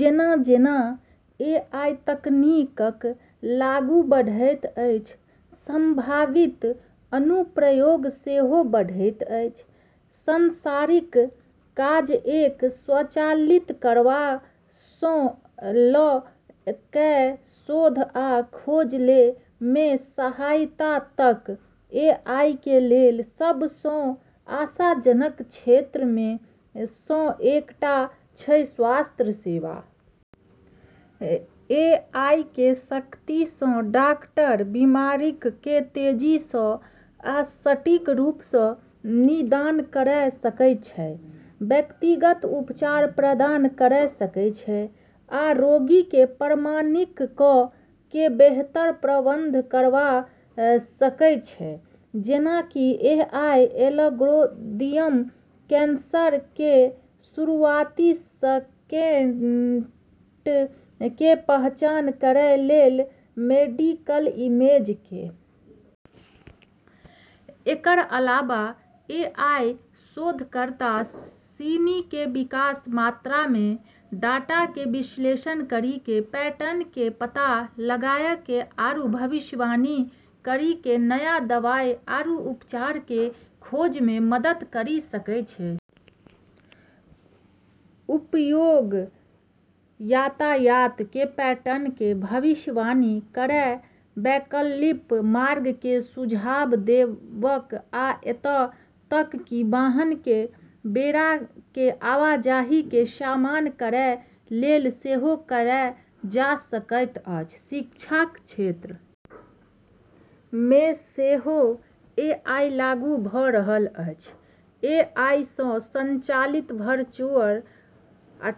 जेना-जेना एआई तकनीक आगू बढ़ैत अछि, संभावित अनुप्रयोग सेहो बढ़ैत अछि, सांसारिक काज कए स्वचालित करबा स ल कए शोध आ खोज मे सहायता तक। एआई कें लेल सब सं आशाजनक क्षेत्र मे सं एकटा छै स्वास्थ्य सेवा. एआई कें शक्ति सं डॉक्टर बीमारियक कें तेजी सं आ सटीक रूप सं निदान कयर सकय छै, व्यक्तिगत उपचार प्रदान कयर सकय छै आ रोगी कें परिणामक कें बेहतर प्रबंधन कयर सकय छै जेना कि एआई एल्गोरिदम कैंसर केरऽ शुरुआती संकेतऽ के पहचान करै लेली मेडिकल इमेज के विश्लेषण करी सकै छै या दिल के दौरा के संभावना के भविष्यवाणी करी सकै छै। एकरऽ अलावा एआई शोधकर्ता सिनी के विशाल मात्रा मे डाटा के विश्लेषण करी के, पैटर्न के पता लगाय के आरू भविष्यवाणी करी के नया दवाई आरू उपचार के खोज मे मदद करी सकै छै। उपयोग यातायात के पैटर्न के भविष्यवाणी करय, वैकल्पिक मार्ग के सुझाव देबय आ एतय तक कि वाहन के बेड़ा के आवाजाही के समन्वय करय लेल सेहो कएल जा सकैत अछि, शिक्षा क क्षेत्र मे सेहो एआई लागू भ रहल अछि, एआई सं संचालित वर्चुअल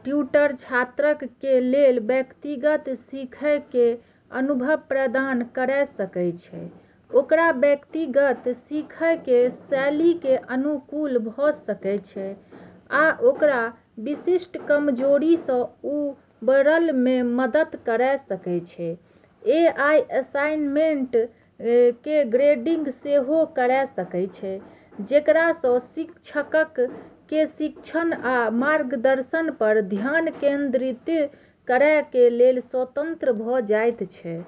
ट्यूटर छात्रक कें लेल व्यक्तिगत सीखय कें अनुभव प्रदान कयर सकय छै ओकर व्यक्तिगत सीखय कें शैली कें अनुकूल भ सकय छै आ ओकरा विशिष्ट कमजोरी सं उबरय मे मदद कयर सकय छै, एआई असाइनमेंट कें ग्रेडिंग सेहो कयर सकय छै जेकरा सं शिक्षकक कें शिक्षण आ मार्गदर्शन पर ध्यान केंद्रित करय कें लेल स्वतंत्र भ जायत छै।